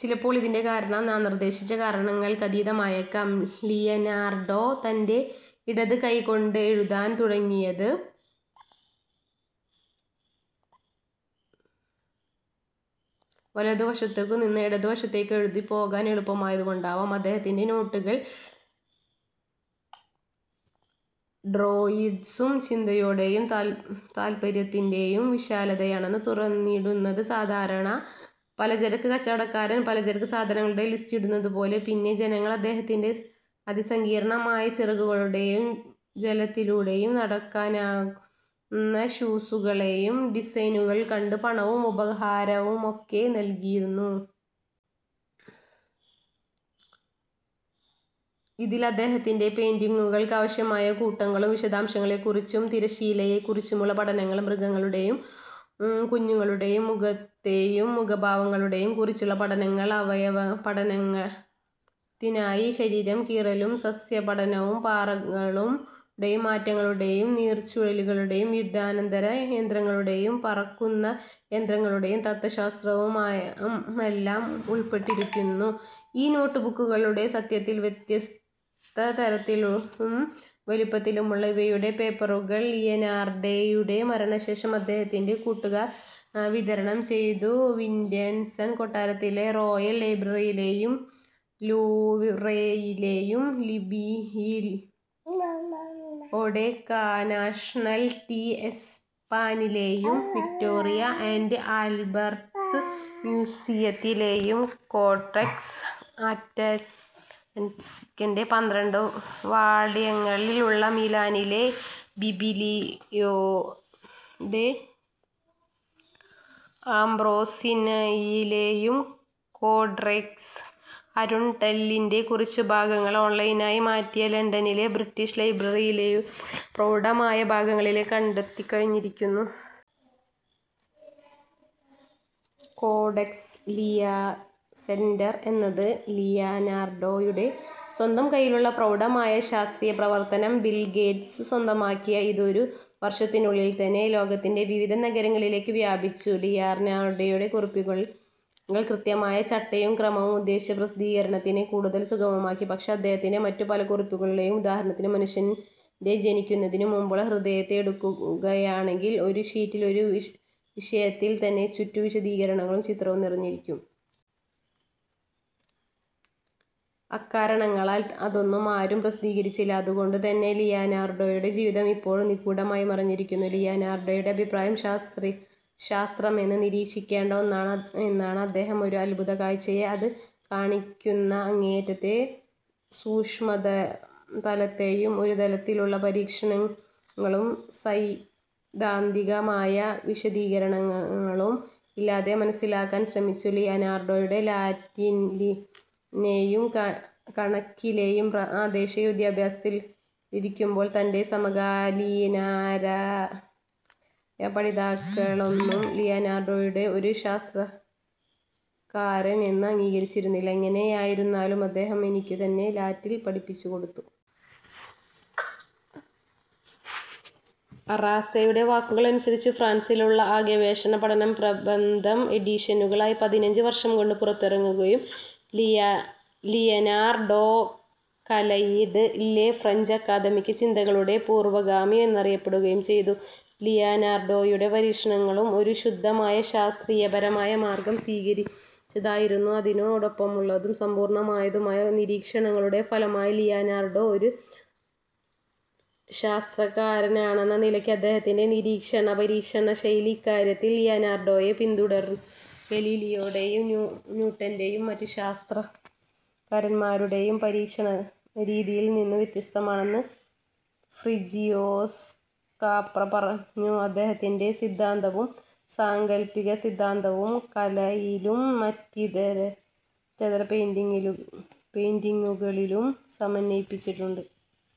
ചിലപ്പോൾ ഇതിന്റെ കാരണം നാം നിർദ്ദേശിച്ച കാരങ്ങൾക്കതീതമായേക്കാം. ലിയനാർഡോ തന്റെ ഇടത് കൈ കൊണ്ട് എഴുതാൻ തുടങ്ങിയത്, വലതുവശത്തു നിന്ന് ഇടത്തേ വശത്തേക്ക് എഴുതി പോകുവാൻ എളുപ്പമായതുകൊണ്ടാവാം. അദ്ദേഹത്തിന്റെ നോട്ടുകളും, ഡ്രോയിങ്ങ്സും ചിന്തയുടേയും, താത്പര്യത്തിന്റേയും വിശാലതയാണ് തുറന്നിടുന്നത്, സാധാരണ പലചരക്ക്കച്ചവടക്കാൻ പലചരക്ക് സാധനങ്ങളുടെ ലിസ്റ്റ് ഇടുന്നതുപോലെ. പിന്നെ ജനങ്ങൾ, അദ്ദേഹത്തിന്റെ അതിസങ്കീർണമായ ചിറകുകളുടേയും, ജലത്തിലൂടെ നടക്കാനുതകുന്ന ഷൂസുകളുടേയും ഡിസൈനുകൾ കണ്ട് പണവും ഉപഹാരവുമൊക്കെ നൽകിയിരുന്നു. ഇതിൽ അദ്ദേഹത്തിന്റെ പെയിന്റിങ്ങുകൾക്കാവശ്യമായ കൂട്ടുകളും, വിശദാംശങ്ങളെകുറിച്ചും, തിരശ്ശീലയെകുറിച്ചുമുള്ള പഠനങ്ങളും, മൃഗങ്ങളുടേയും, കുഞ്ഞുങ്ങളുടേയും, മുഖത്തേയും, മുഖഭാവങ്ങളേയും കുറിച്ചുള്ള പഠനങ്ങളും, അവയവപഠനത്തിനായി ശരീരം കീറലും, സസ്യപഠനവും, പാറകളുടെ മാറ്റങ്ങളും, നീർച്ചുഴികളും, യുദ്ധാനന്തര യന്ത്രങ്ങളും, പറക്കുന്ന യന്ത്രങ്ങളും, തത്വശാസ്ത്രവുമെല്ലാം ഉൾപപെ്ട്ടിരിക്കുന്നു. ഈ നോട്ടുബുക്കുകളുടെ, — സത്യത്തിൽ, വ്യത്യസ്തതരത്തിലും, വലിപ്പത്തിലുമുള്ള ഇവയുടെ പേപ്പറുകൾ, ലിയനാർഡോയുടെ മരണശേഷം അദ്ദേഹത്തിന്റെ കൂട്ടുകാർ വിതരണം ചെയ്തു — വിന്റസർ കൊട്ടാരത്തിലെ റോയൽ ലൈബ്രറിയിലേയും, ലൂവ്രേയിലേയും,'ബിബിലിയോടെകാ നാഷ്ണൽ ഡി എസ്പാന'യിലേയും, വിക്ടോറിയ ആന്റ് ആൽബർട്ട് മ്യൂസിയത്തിലേയും, കോഡെക്സ് അറ്റലാന്റിക്കസിന്റെ പന്ത്രണ്ട വാള്യങ്ങൾ ഉള്ള മിലാനിലെ ബിബിലിയോടെകാ ആമ്പ്രോസിനയിലേയും, കോഡെക്സ് അരുൻഡെല്ലിന്റെ കുറച്ച് ഭാഗങ്ങൾ ഓൺലൈനായി മാറ്റിയ ലണ്ടണിലെ ബ്രിട്ടീഷ് ലൈബ്രറിയിലേയും ഉള്ള പ്രൗഢമായ ഭാഗങ്ങൾ കണ്ടെത്തികഴിഞ്ഞിരിക്കുന്നു. കോഡെക്സ് ലീയസെസ്റ്റർ എന്നതാണ് ലിയനാർഡോയുടെ സ്വന്തം കൈയ്യിലുള്ള പ്രൗഡമായ, ശാസ്ത്രീയ പ്രവർത്തനം. ബിൽ ഗേറ്റ്സ് സ്വന്തമാക്കിയ ഇത്, ഒരു വർഷത്തിനുള്ളിൽതന്നെ ലോകത്തിന്റെ വിവിധ നഗരങ്ങളിലേക്ക് വ്യാപിച്ചു. ലിയനാർഡോയുടെ കുറിപ്പുകൾക്കുള്ള കൃത്യമായ ചിട്ടയും, ക്രമവും ഉദ്ദേശിച്ച പ്രസിദ്ധീകരണത്തിനെ കൂടുതൽ സുഗമമാക്കി. പക്ഷെ, അദ്ദേഹത്തിന്റെ മറ്റു പല കുറിപ്പുകളിലും, ഉദാഹരണത്തിന് മനുഷ്യന്റെ ജനിക്കുന്നതിനുമുമ്പുള്ള ഹൃദയത്തെ എടുക്കുകയാണെങ്കിൽ, ഒരു ഷീറ്റിൽ, ഒരു വിഷയത്തിൽ തന്നെ, ചുറ്റും വിശദീകരണവും, ചിത്രവും നിറഞ്ഞിരിക്കും. അക്കാരണങ്ങളാൽ അതൊന്നും, ആരും പ്രസിദ്ധീകരിച്ചില്ല, അതുകൊണ്ടുതന്നെ ലിയനാർഡോയുടെ ജീവിതം ഇപ്പോഴും നിഘൂഡമായി മറഞ്ഞിരിക്കുന്നു. ലിയനാർഡോയുടെ അഭിപ്രായം, ശാസ്ത്രമെന്നത് നിരീക്ഷിക്കേണ്ട ഒന്നാണ് എന്നാണ്:അദ്ദേഹം ഒരു അത്ഭുതകാഴ്ചയെ അത് കാണിക്കുന്ന അങ്ങേയറ്റത്തെ സൂ്ഷ്മതലത്തേയും ഒരുതരത്തിലുള്ള പരീക്ഷണങ്ങളും, സൈദ്ധാന്തികമായ വിശദീകരണങ്ങളും ഇല്ലാതെ മനസ്സിലാക്കാൻ ശ്രമിച്ചു. ലിയനാർഡോ ലാറ്റിനിലേയും കണക്കിലേയും പ്രാദേശിക വിദ്യഭ്യാസത്തിലായിരിക്കുമ്പോൾ തന്റെ സമകാലീനാരായാ പഠിതാക്കളൊന്നും ലിയനാർഡോ ഒരു ശാസ്ത്രകാരൻ എന്ന് അംഗീകരിച്ചിരുന്നില്ല, എങ്ങനെയിരുന്നാലും അദ്ദേഹം തനിക്കു തന്നെ ലാറ്റിൽ പഠിപ്പിച്ചുകൊടുത്തു. അറാസ്സെയുടെ വാക്കുകൾ അനുസരിച്ച്, ഫ്രാൻസിലുള്ള ആ ഗവേഷണപഠനപ്രബന്ധം എഡീഷനുകളായി, പതിനഞ്ച് വർഷം കൊണ്ട് പുറത്തിറങ്ങുകയും, ലിയനാർഡോ, "കലയിലെ ഫ്രെഞ്ച് ആക്കാദമിക്ക് ചിന്തകളുടെ പൂർവ്വഗാമി" എന്നറിയപ്പെടുകയും ചെയ്തു. ലിയനാർഡോയുടെ, പരീക്ഷണങ്ങളും, ഒരു ശുദ്ധമായ ശാസ്ത്രീയപരമായ മാർഗ്ഗം സ്വീകരിച്ചതായിരുന്നു, അതിനോടൊപ്പമുള്ളതും, സമ്പൂർണമായതുമായ നിരീക്ഷണങ്ങളുടെ ഫലമായി ലിയനാർഡോ ഒരു ശാസ്ത്രകരാനെന്ന് നിലയ്ക്ക്, അദ്ദേഹത്തിന്റെ നിരീക്ഷണ പരീക്ഷണ ശൈലി, ഇക്കാര്യത്തിൽ ലിയനാർഡോയെ പിൻതുടർന്ന ഗലീലിയോയുടേയും, ന്യൂട്ടന്റേയും മറ്റു ശാസ്ത്രകാരന്മാരുടേയും, പരീക്ഷണരീതിയിൽ നിന്നും വ്യത്യസ്തമാണെന്ന് ഫ്രിജിയോഫ് കാപ്ര പറഞ്ഞു, അദ്ദേഹത്തിന്റെ സിദ്ധാന്തവാദവും, സാങ്കൽപികസിദ്ധാന്തീകരണവും കലയിലും, മറ്റിതര പെയിന്റിങ്ങുകളിലും സമന്വയിപ്പിച്ചിട്ടുണ്ട്.